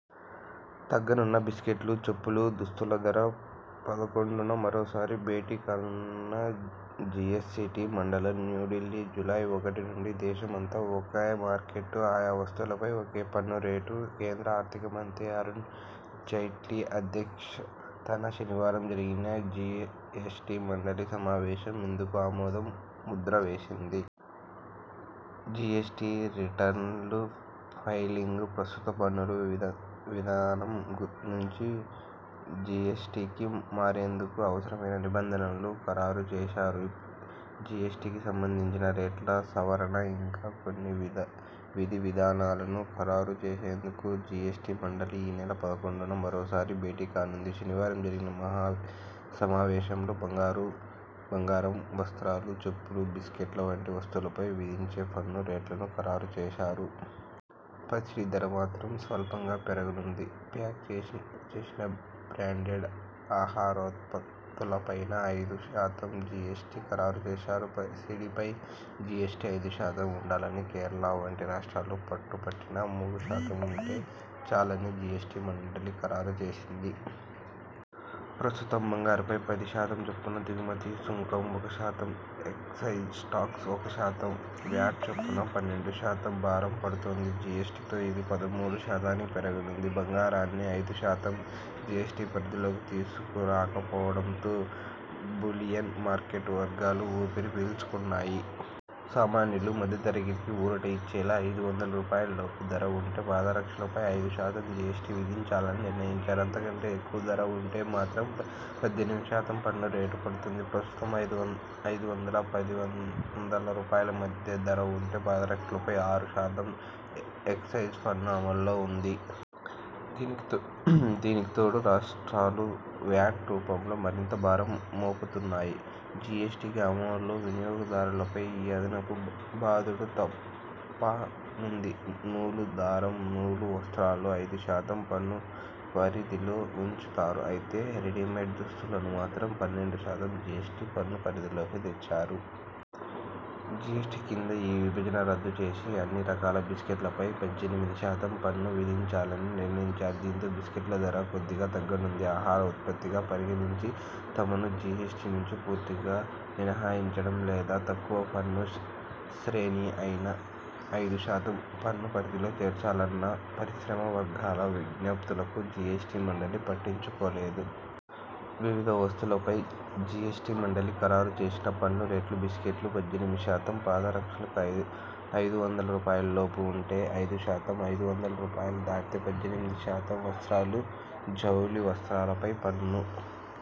తగ్గనున్న బిస్కెట్లు, చెప్పులు, దుస్తుల ధర పదకొండున మరోసారి భేటీ కానున్న జిఎ్సటి మండలి న్యూఢిల్లీ జూలై ఒకటి నుంచి దేశ మంతా ఒకే మార్కెట్. ఆయా వస్తువులపై ఒకే పన్ను రేటు. కేంద్ర ఆర్థిక మంత్రి అరుణ్ జైట్లీ అధ్యక్షతన శనివారం జరిగిన జి ఎస్టి మండలి సమావేశం ఇందుకు ఆమోద ముద్ర వేసింది. జిఎ్సటి రిటర్న్ల ఫైలింగ్, ప్రస్తుత పన్నుల విధానం నుంచి జిఎ్సటికి మారేందుకు అవసరమైన నిబంధనలనూ ఖరారు చేశారు. జిఎ్సటికి సంబంధించిన రేట్ల సవరణ, ఇంకా కొన్ని విధి విధానాలను ఖరారు చేసేందుకు జిఎ్సటి మండలి ఈ నెల పదకొండున మరోసారి భేటీ కానుంది. శనివారం జరిగిన సమావేశంలో బంగారం, వస్త్రాలు, చెప్పులు, బిస్కట్ల వంటి వస్తువులపై విధించే పన్ను రేట్లను ఖరారు చేశారు. పసిడి ధర మాత్రం స్వల్పంగా పెరగ నుంది. ప్యాక్ చేసిన బ్రాండెడ్ ఆహారోత్పత్తులపైనా ఐదు శాతం జి ఎ్సటి ఖరారు చేశారు. పసిడి పై జిఎ్సటి ఐదు శాతం ఉండాలని కేరళ వంటి రాష్ట్రాలు పట్టు పట్టినా మూడు శాతం ఉంటే చాలని జిఎ్సటి మండలి ఖరారు చేసింది. ప్రస్తుతం బంగారంపై పది శాతం చొప్పున దిగుమతి సుంకం, ఒక శాతం ఎక్సైజ్ టాక్స్, ఒక శాతం వ్యాట్ చొప్పున పన్నెండు శాతం భారం పడుతోంది. జిఎస్టి తో ఇది పదమూడు శాతానికి పెరగనుంది. బంగారాన్ని ఐదు శాతం జిఎ్సటి పరిధిలోకి తీసుకు రాక పోవడంతో బులియన్ మార్కెట్ వర్గాలు ఊపిరి పీల్చుకున్నాయి. సామాన్యులు, మధ్య తరగతికి ఊరట ఇచ్చేలా ఐదు వందల రూపాయల లోపు ధర ఉండే పాదరక్షల పై ఐదు శాతం జిఎ్సటి విధించాలని నిర్ణయించారు. అంత కంటే ఎక్కువ ధర ఉంటే మాత్రం పద్దెనిమిది శాతం పన్ను రేటు పడుతుంది. ప్రస్తుతం ఐదు వందల పది వందల రూపాయల మధ్య ధర ఉండే పాదరక్షలపై ఆరు శాతం ఎక్సైజ్ పన్ను అమల్లో ఉంది. దీనికి తోడు రాష్ట్రాలు వ్యాట్ రూపంలో మరింత భారం మోపుతున్నాయి. జిఎ్సటి అమలుతో వినియోగదారుల పై ఈ అదనపు బాదుడు తప్ప నుంది. నూలు దారం, నూలు వస్త్రాలను ఐదు శాతం పన్ను పరిధిలో ఉంచారు. అయితే రెడీమేడ్ దస్తులను మాత్రం పన్నెండు శాతం జిఎ్సటి పన్ను పరిధిలోకి తెచ్చారు. జిఎ్సటి కింద ఈ విభజనను రద్దు చేసి అన్ని రకాల బిస్కెట్లపై పద్దెనిమిది శాతం పన్ను విధించాలని నిర్ణయించారు. దీంతో బిస్కెట్ల ధర కొద్దిగా తగ్గనుంది. ఆహార ఉత్పత్తిగా పరిగణించి తమను జిఎ్సటి నుంచి పూర్తిగా మినహాయించడం లేదా తక్కువ పన్ను శ్రేణి అయిన ఐదు శాతం పన్ను పరిధిలో చేర్చాలన్న పరిశ్రమ వర్గాల విజ్ఞప్తులను జిఎ్సటి మండలి పట్టించు కోలేదు. వివిధ వస్తువులపై జిఎ్సటి మండలి ఖరారు చేసిన పన్ను రేట్లు బిస్కెట్లు పద్దెనిమిది శాతం పాద రక్షలు ఐదు వందల రూపాయలు లోపు ఉంటే ఐదు శాతం, ఐదు వందల రూపాయలు దాటితే పద్దెనిమిది శాతం వస్త్రాలు జౌళి వస్త్రాల పై పన్ను